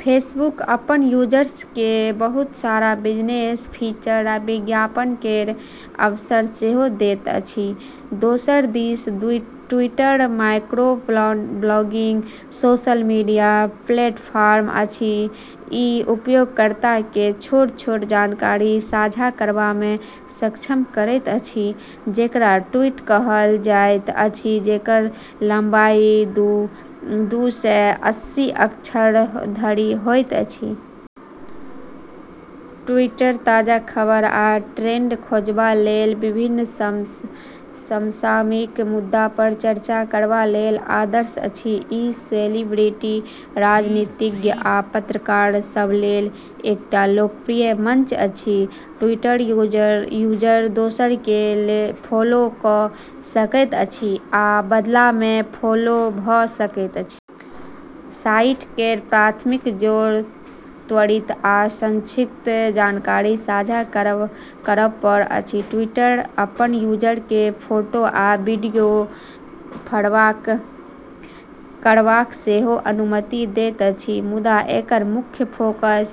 Facebook अपन users केँ बहुत सारा बिजनेस फीचर आ विज्ञापन केर अवसर सेहो दैत अछि। दोसर दिस Twitter microblogging social media platform अछि। ई उपयोगकर्ता केँ छोट-छोट जानकारी साझा करबा मे सक्षम करैत अछि, जेकरा ट्वीट कहल जाइत अछि, जेकर लंबाई दू सए अस्सी अक्षर धरि होइत अछि। ट्विटर ताजा खबर आ ट्रेंड खोजबा लेल या विभिन्न समसामयिक मुद्दा पर चर्चा करबा लेल आदर्श अछि। ई सेलिब्रिटी, राजनीतिज्ञ, आ पत्रकार सभ लेल एकटा लोकप्रिय मंच अछि। ट्विटर यूजर दोसर केँ फॉलो कऽ सकैत अछि आ बदला मे फॉलो भऽ सकैत अछि। साइट केर प्राथमिक जोर त्वरित आ संक्षिप्त जानकारी साझा करब पर अछि। ट्विटर अपन यूजर केँ फोटो आ वीडियो शेयर करबाक सेहो अनुमति दैत अछि, मुदा एकर मुख्य फोकस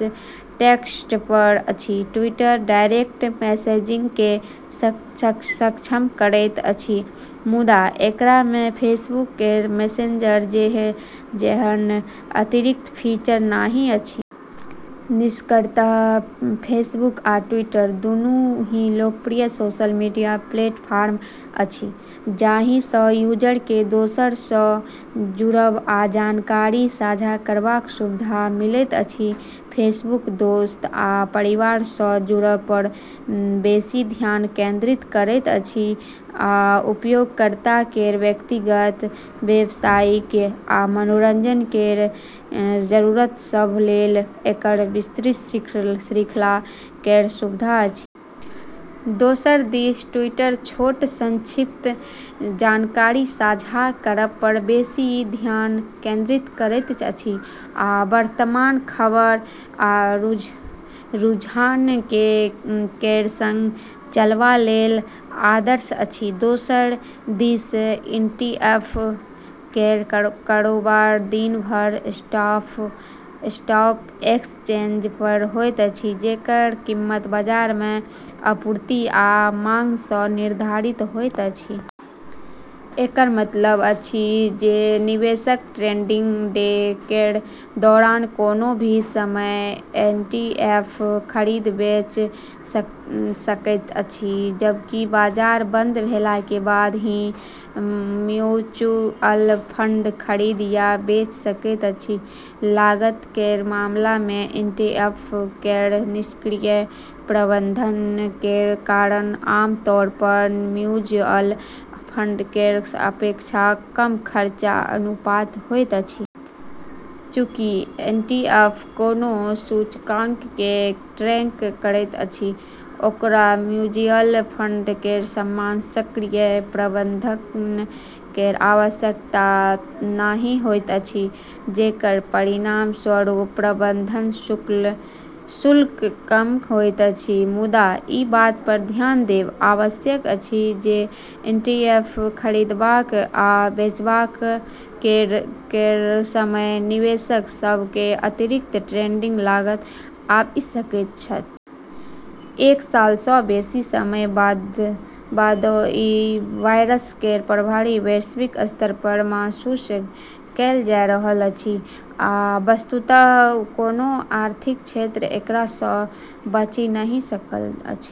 टेक्स्ट पर अछि। ट्विटर डायरेक्ट मैसेजिंग केँ सक्षम करैत अछि, मुदा एकरा मे फेसबुक केर मैसेंजर जेहन अतिरिक्त फीचर नहि अछि। निष्कर्षतः फेसबुक आ ट्विटर दुनू ही लोकप्रिय सोशल मीडिया प्लेटफॉर्म अछि जाहि सँ यूजर केँ दोसर सँ जुड़ब आ जानकारी साझा करबाक सुविधा मिलैत अछि। फेसबुक दोस्त आ परिवार सँ जुड़ब पर बेसी ध्यान केंद्रित करैत अछि आ उपयोगकर्ता केर व्यक्तिगत, व्यवसायिक, आ मनोरंजन केर जरूरत सभ लेल एकर विस्तृत श्रृंखला केर सुविधा अछि। दोसर दिस ट्विटर छोट, संक्षिप्त जानकारी साझा करब पर बेसी ध्यान केंद्रित करैत अछि आ वर्तमान खबर आ रुझान केर संग चलबा लेल आदर्श अछि। दोसर दिस ईटीएफ केर कारोबार दिन भर स्टॉक एक्सचेंज पर होइत अछि, जेकर कीमत बाजार मे आपूर्ति आ मांग सँ निर्धारित होइत अछि। एकर मतलब अछि जे निवेशक ट्रेडिंग डे केर दौरान कोनो भी समय ईटीएफ खरीद-बेच सकैत अछि, जबकि बाजार बंद भेला के बाद ही म्यूचुअल फंड खरीद या बेच सकैत अछि। लागत केर मामला मे ईटीएफ केर निष्क्रिय प्रबंधन केर कारण आम तौर पर म्यूचुअल फंड केर अपेक्षा कम खर्च अनुपात होइत अछि। चूँकि ईटीएफ कोनो सूचकांक केँ ट्रैक करैत अछि, ओकरा म्यूचुअल फंड केर समान सक्रिय प्रबंधन केर आवश्यकता नहि होइत अछि, जेकर परिणाम स्वरूप प्रबंधन शुल्क कम होइत अछि। मुदा ई बात पर ध्यान देब आवश्यक अछि जे ईटीएफ खरीदबा आ बेचबा केर समय निवेशक सभ केँ अतिरिक्त ट्रेडिंग लागत आबि सकैत अछि। एक साल सँ बेसी समय बादो ई वायरस केर प्रभाव वैश्विक स्तर पर महसूस कएल जा रहल अछि, आ वस्तुतः कोनो आर्थिक क्षेत्र एकरा सँ बचि नहि सकल अछि।